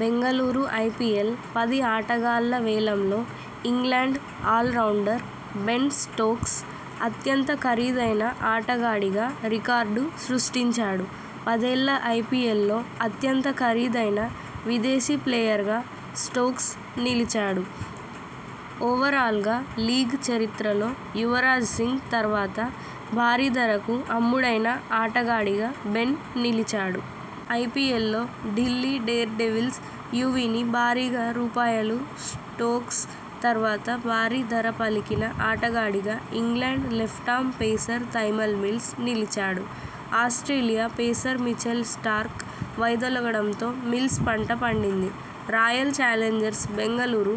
Bengaluru IPL పది ఆటగాళ్ల వేలంలో ఇంగ్లండ్ ఆల్రౌండర్ బెన్ స్టోక్స్ అత్యంత ఖరీదైన ఆటగాడిగా రికార్డు సృష్టించాడు. పదేళ్ల ఐపీఎల్లో అత్యంత ఖరీదైన విదేశీ ప్లేయర్గా స్టోక్స్ నిలిచాడు. ఓవరాల్గా లీగ్ చరిత్రలో యువరాజ్ సింగ్ తర్వాత భారీ ధరకు అమ్ముడైన ఆటగాడిగా బెన్ నిలిచాడు. ఐపీఎల్లో ఢిల్లీ డేర్డెవిల్స్ యువీని భారీగా రూపాయలు స్టోక్స్ తర్వాత భారీ ధర పలికిన ఆటగాడిగా England left arm pacer Tymal Mills నిలిచాడు. ఆస్ట్రేలియా పేసర్ మిచెల్ స్టార్క్ వైదొలగడంతో మిల్స్ పంట పడింది. రాయల్ చాలెంజర్స్ బెంగళూరు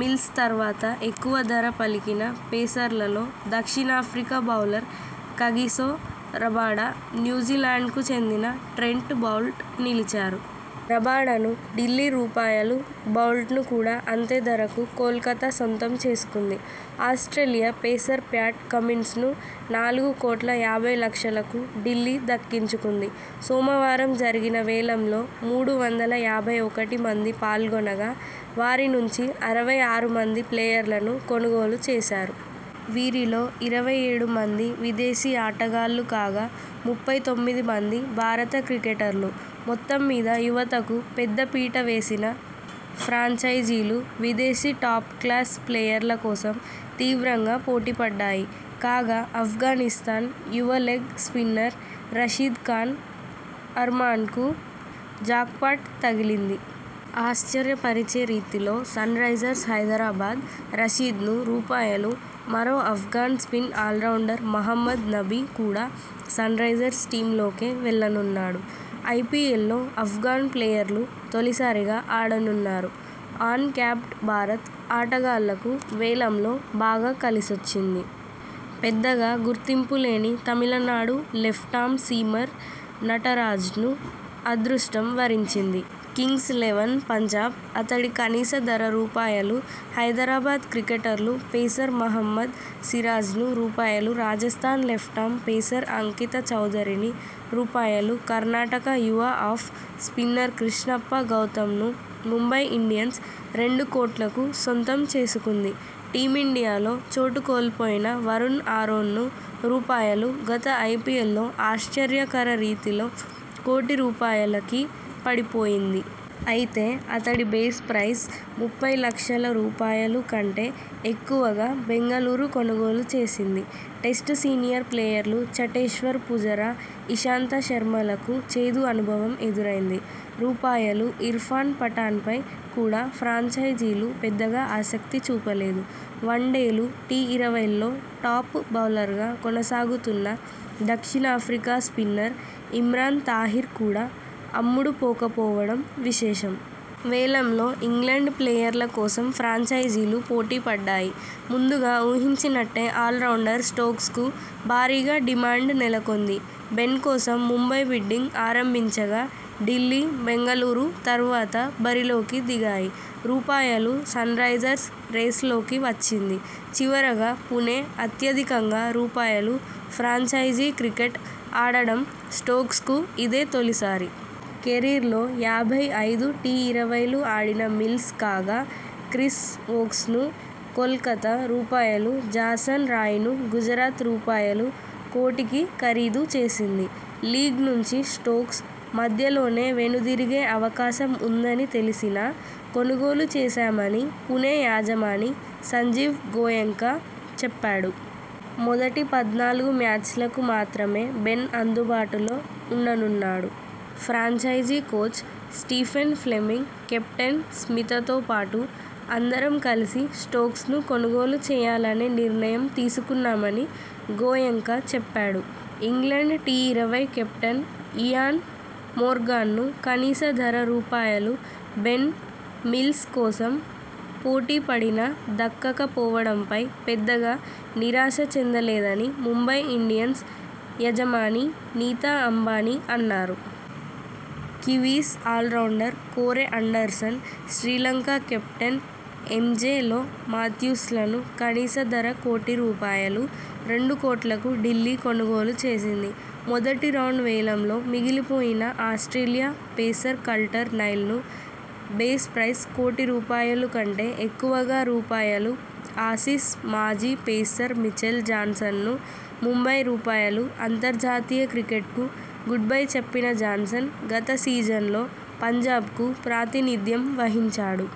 మిల్స్ తర్వాత ఎక్కువ ధర పలికిన పేసర్లలో దక్షిణాఫ్రికా బౌలర్ కగిసొ రబాడ, న్యూజిలాండ్కు చెందిన ట్రెంట్ బౌల్ట్ నిలిచారు. రబాడను ఢిల్లీ రూపాయలు బౌల్ట్ను కూడా అంతే ధరకు కోల్కతా సొంతం చేసుకుంది. ఆస్ట్రలియా పేసర్ ప్యాట్ కమిన్స్ను నాలుగు కోట్ల యబ్బై లక్షలకు ఢిల్లీ దక్కించుకుంది. సోమవారం జరిగిన వేలంలో మూడు వందల యాభై ఒకటి మంది పాల్గొనగా, వారి నుంచి అరవై ఆరు మంది ప్లేయర్లను కొనుగోలు చేశారు. వీరిలో ఇరవై ఏడు మంది విదేశీ ఆటగాళ్లు కాగా, ముప్పై తొమ్మిది మంది భారత క్రికెటర్లు. మొత్తం మీద యువతకు పెద్ద పీట వేసిన ఫ్రాంచైజీలు విదేశీ టాప్ క్లాస్ ప్లేయర్ల కోసం తీవ్రంగా పోటీ పడ్డాయి. కాగా, అఫ్ఘానిస్థాన్ యువ లెగ్ స్పిన్నర్ రషీద్ ఖాన్ అర్మాన్కు జాక్పాట్ తగిలింది. ఆశ్చర్యపరిచే రీతిలో సన్రైజర్స్ హైదరాబాద్ రషీద్ను రూపాయలు మరో అఫ్ఘాన్ స్పిన్ ఆల్రౌండర్ మహమ్మద్ నబి కూడా సన్రైజర్స్ టీమ్లోకే వెళ్లనున్నాడు. ఐపీఎల్లో అఫ్ఘాన్ ప్లేయర్లు తొలిసారిగా ఆడనున్నారు. అన్ క్యాప్డ్ భారత్ ఆటగాళ్లకు వేలంలో బాగా కలిసొచ్చింది. పెద్దగా గుర్తింపులేని తమిళనాడు లెఫ్టామ్ సీమర్ నటరాజన్ను అదృష్టం వరించింది. కింగ్స్ లెవన్ పంజాబ్ అతడి కనీస ధర రూపాయలు హైదరాబాద్ క్రికెటర్లు పేసర్ మహమ్మద్ సిరాజ్ను రూపాయలు రాజస్థాన్ లెఫ్టామ్ పేసర్ అంకిత చౌదరి ని రూపాయలు కర్ణాటక యువ ఆఫ్ స్పిన్నర్ కృష్ణప్ప గౌతమ్ను ముంబై ఇండియన్స్ రెండు కోట్లకు సొంతం చేసుకుంది. టీమిండియాలో చోటు కోల్పోయిన వరుణ్ ఆరోన్ను రూపాయలు గత ఐపీఎల్లో ఆశ్చర్యకర రీతిలో కోటి రూపాయలకి పడిపోయింది. అయితే అతడి బేస్ ప్రైస్ ముప్పై లక్షల రూపాయలు కంటే ఎక్కువగా బెంగళూరు కొనుగోలు చేసింది. టెస్ట్ సీనియర్ ప్లేయర్లు చటేశ్వర్ పుజరా, ఇషాంత శర్మలకు చేదు అనుభవం ఎదురైంది. రూపాయలు ఇర్ఫాన్ పఠాన్పై కూడా ఫ్రాంచైజీలు పెద్దగా ఆసక్తి చూపలేదు. వన్డేలు, టీఇరవైల్లో టాప్ బౌలర్ గా కొనసాగుతున్న దక్షిణాఫ్రికా స్పిన్నర్ ఇమ్రాన్ తాహిర్ కూడా అమ్ముడుపోకపోవడం విశేషం. వేలంలో ఇంగ్లండ్ ప్లేయర్ల కోసం ఫ్రాంచైజీలు పోటీపడ్డాయి. ముందుగా ఊహించినట్టే ఆల్రౌండర్ స్టోక్స్కు భారీగా డిమాండ్ నెలకొంది. బెన్ కోసం ముంబై బిడ్డింగ్ ఆరంభించగా ఢిల్లీ, బెంగళూరు తర్వాత బరిలోకి దిగాయి. రూపాయలు సన్రైజర్స్ రేస్లోకి వచ్చింది. చివరగా పుణె అత్యధికంగా రూపాయలు ఫ్రాంచైజీ క్రికెట్ ఆడడం స్టోక్స్కు ఇదే తొలిసారి. కెరీర్లో యాభై ఐదు టీఇరవైలు ఆడిన మిల్స్ కాగా, క్రిస్ వోక్స్ను కోల్కతా రూపాయలు జాసన్ రాయ్ను గుజరాత రూపాయలు కోటికి ఖరీదు చేసింది. లీగ్ నుంచి స్టోక్స్ మధ్యలోనే వెనుదిరిగే అవకాశం ఉందని తెలిసి నా కొనుగోలు చేశామని పుణె యజమాని సంజీవ్ గోయెంకా చెప్పాడు. మొదటి పద్నాలుగు మ్యాచ్లకు మాత్రమే బెన్ అందుబాటులో ఉండనున్నాడు. Franchise coach Stephen Fleming, captain స్మితతోపాటు అందరం కలిసి స్టోక్స్ను కొనుగోలు చేయాలనే నిర్ణయం తీసుకున్నామని గోయెంకా చెప్పా డు. ఇంగ్లండ్ టీఇరవై కెప్టెన్ ఇయాన్ మోర్గాన్ను కనీస ధర రూపాయలు బెన్, మిల్స్ కోసం పోటీపడినా దక్కక పోవడంపై పెద్దగా నిరాశ చెందలేదని ముంబై ఇండియన్స్ యజమాని నీతా అంబానీ అన్నారు. Kiwis allrounder Corey Anderson, Sri Lanka captain Angelo మాథ్యూస్లను కనీస ధర కోటి రూపాయలు, రెండు కోట్లకు ఢిల్లీ కొనుగోలు చేసింది. మొదటి రౌండ్ వేలంలో మిగిలిపోయిన ఆస్ట్రేలియా పేసర్ కల్టర్ నైల్ను బేస్ ప్రైస్ కోటి రూపాయలు కంటే ఎక్కువగా రూపాయలు ఆసీస్ మాజీ పేసర్ మిచెల్ జాన్సన్ను ముంబై రూపాయలు అంతర్జాతీయ క్రికెట్కు గుడ్బై చెప్పిన జాన్సన్ గత సీజన్లో పంజాబ్కు ప్రాతినిధ్యం వహించాడు.